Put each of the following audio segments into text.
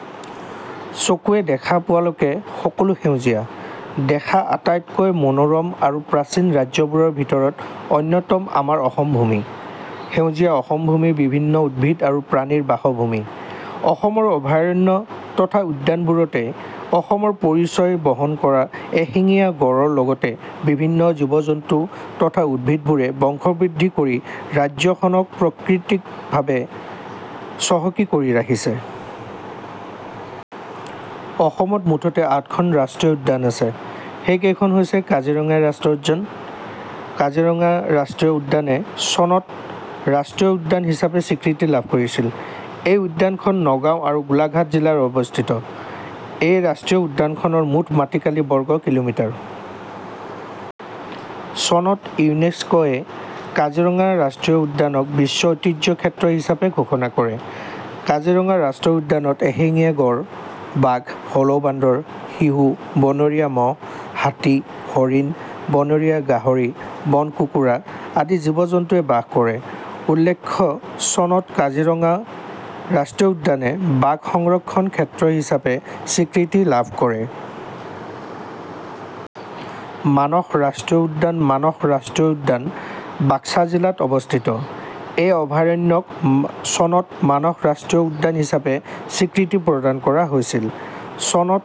: চকুৱে দেখা পোৱালৈকে সকলো সেউজীয়া দেখা আটাইতকৈ মনোৰম আৰু প্ৰাচীন ৰাজ্যবোৰৰ ভিতৰত অন্যতম আমাৰ অসমভূমি। সেউজীয়া অসমভূমি বিভিন্ন উদ্ভিদ আৰু প্ৰাণীৰ বাসভূমি। অসমৰ অভয়াৰণ্য তথা উদ্যানবোৰতেই অসমৰ পৰিচয় বহন কৰা এশিঙীয়া গঁড়ৰ লগতে বিভিন্ন জীৱ-জন্তু তথা উদ্ভিদবোৰে বংশ বৃদ্ধি কৰি ৰাজ্যখনক প্ৰাকৃতিকভাৱে চহকী কৰি ৰাখিছে। অসমত মুঠতে আঠখন ৰাষ্ট্ৰীয় উদ্যান আছে। সেই কেইখন হৈছে- কাজিৰঙা ৰাষ্ট্ৰীয় উদ্যান কাজিৰঙা ৰাষ্ট্ৰীয় উদ্যানে চনত ৰাষ্ট্ৰীয় উদ্যান হিচাপে স্বীকৃতি লাভ কৰিছিল। এই উদ্যানখন নগাঁও আৰু গোলাঘাট জিলাত অৱস্থিত। এই ৰাষ্ট্ৰীয় উদ্যানখনৰ মুঠ মাটিকালি বৰ্গ কিলোমিটাৰ। চনত ইউনেস্ক'য়ে কাজিৰঙা ৰাষ্ট্ৰীয় উদ্যানক বিশ্ব ঐতিহ্য ক্ষেত্ৰ হিচাপে ঘোষণা কৰে। কাজিৰঙা ৰাষ্ট্ৰীয় উদ্যানত এশিঙীয়া গড়, বাঘ, হলৌ বান্দৰ, শিহু, বনৰীয়া মহ, হাতী, হৰিণ, বনৰীয়া গাহৰি, বন কুকুৰা আদি জীৱ-জন্তৱে বাস কৰে। উল্লেখ্য, চনত কাজিৰঙা ৰাষ্ট্ৰীয় উদ্যানে বাঘ সংৰক্ষণ ক্ষেত্ৰ হিচাপে স্বীকৃতি লাভ কৰে। মানস ৰাষ্ট্ৰীয় উদ্যান মানস ৰাষ্ট্ৰীয় উদ্যান বাক্সা জিলাত অৱস্থিত। এই অভয়াৰণ্যক চনত মানস ৰাষ্ট্ৰীয় উদ্যান হিচাপে স্বীকৃতি প্ৰদান কৰা হৈছিল। চনত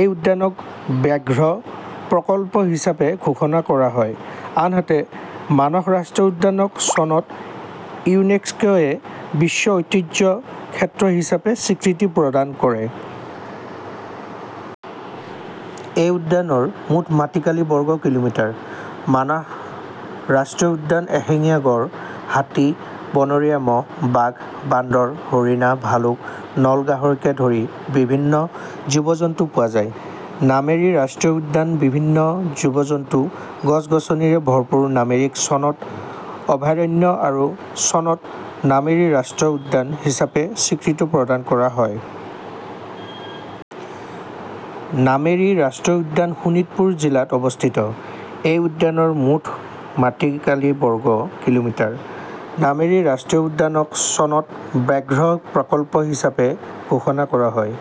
এই উদ্যানক ব্যাঘ্ৰ প্ৰকল্প হিচাপে ঘোষণা কৰা কৰা হয়। আনহাতে, মানস ৰাষ্ট্ৰীয় উদ্যানক চনত ইউনেস্ক'য়ে বিশ্ব ঐতিহ্য ক্ষেত্ৰ হিচাপে স্বীকৃতি প্ৰদান কৰে। এই উদ্যানৰ মুঠ মাটিকালি বৰ্গ কিলোমিটাৰ। মানহ ৰাষ্ট্ৰীয় উদ্যানত এশিঙীয়া গড়, হাতী, বনৰীয়া মহ, বাঘ, বান্দৰ, হৰিণা, ভালুক, নল গাহৰিকে ধৰি বিভিন্ন জীৱ-জন্তু পোৱা যায়। নামেৰী ৰাষ্ট্ৰীয় উদ্যান বিভিন্ন জীৱ-জন্তু, গছ-গছনিৰে ভৰপুৰ নামেৰীক চনত অভয়াৰণ্য আৰু চনত নামেৰী ৰাষ্ট্ৰীয় উদ্যান হিচাপে স্বীকৃতি প্ৰদান কৰা হয়। নামেৰী ৰাষ্ট্ৰীয় উদ্যান শোণিতপুৰ জিলাত অৱস্থিত। এই উদ্যানৰ মুঠ মাটিকালি বৰ্গ কিলোমিটাৰ। নামেৰী ৰাষ্ট্ৰীয় উদ্যানক চনত ব্যাঘ্ৰ প্ৰকল্প হিচাপে ঘোষণা কৰা হয়।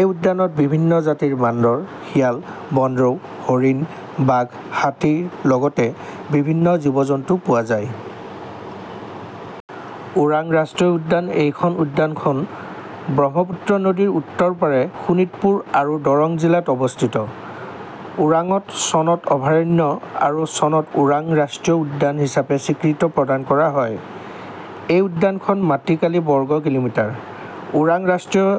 এই উদ্যানত বিভিন্ন জাতিৰ বান্দৰ, শিয়াল, বনৰৌ, হৰিণ, বাঘ, হাতীৰ লগতে বিভিন্ন জীৱ-জন্তু পোৱা যায়। ওৰাং ৰাষ্ট্ৰীয় উদ্যান এইখন উদ্যানখন ব্ৰহ্মপুত্ৰ নদীৰ উত্তৰপাৰে শোণিতপুৰ আৰু দৰং জিলাত অৱস্থিত। ওৰাঙক চনত অভয়াৰণ্য আৰু চনত ওৰাং ৰাষ্ট্ৰীয় উদ্যান হিচাপে স্বীকৃতি প্ৰদান কৰা হয়। এই উদ্যানখনৰ মাটিকালি বৰ্গ কিলোমিটাৰ। ওৰাং ৰাষ্ট্ৰীয়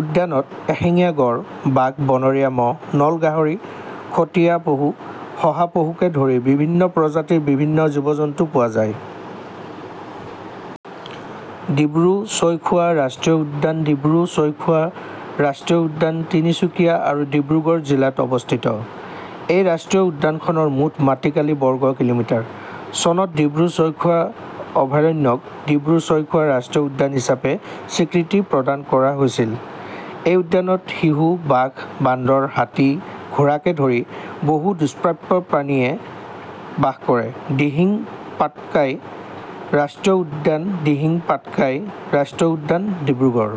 উদ্যানত এশিঙীয়া গড়, বাঘ, বনৰীয়া মহ, নল গাহৰি, খটিয়া পহু, শহা পহুকে ধৰি বিভিন্ন প্ৰজাতিৰ বিভিন্ন জীৱ-জন্তু পোৱা যায়। ডিব্ৰু-ছৈখোৱা ৰাষ্ট্ৰীয় উদ্যান ডিব্ৰু-ছৈখোৱা ৰাষ্ট্ৰীয় উদ্যান তিনিচুকীয়া আৰু ডিব্ৰুগড় জিলাত অৱস্থিত। এই ৰাষ্ট্ৰীয় উদ্যানখনৰ মুঠ মাটিকালি বৰ্গ কিলোমিটাৰ। চনত ডিব্ৰু-ছৈখোৱা অভয়াৰণ্যক ডিব্ৰু-ছৈখোৱা ৰাষ্ট্ৰীয় উদ্যান হিচাপে স্বীকৃতি প্ৰদান কৰা হৈছিল। এই উদ্যানত শিহু, বাঘ, বান্দৰ, হাতী, ঘোঁৰাকে ধৰি বহু দুস্প্ৰাপ্য প্ৰাণীয়ে বাস কৰে। দিহিং পাটকাই ৰাষ্ট্ৰীয় উদ্যান দিহিং পাটকাই ৰাষ্ট্ৰীয় উদ্যান ডিব্ৰুগড়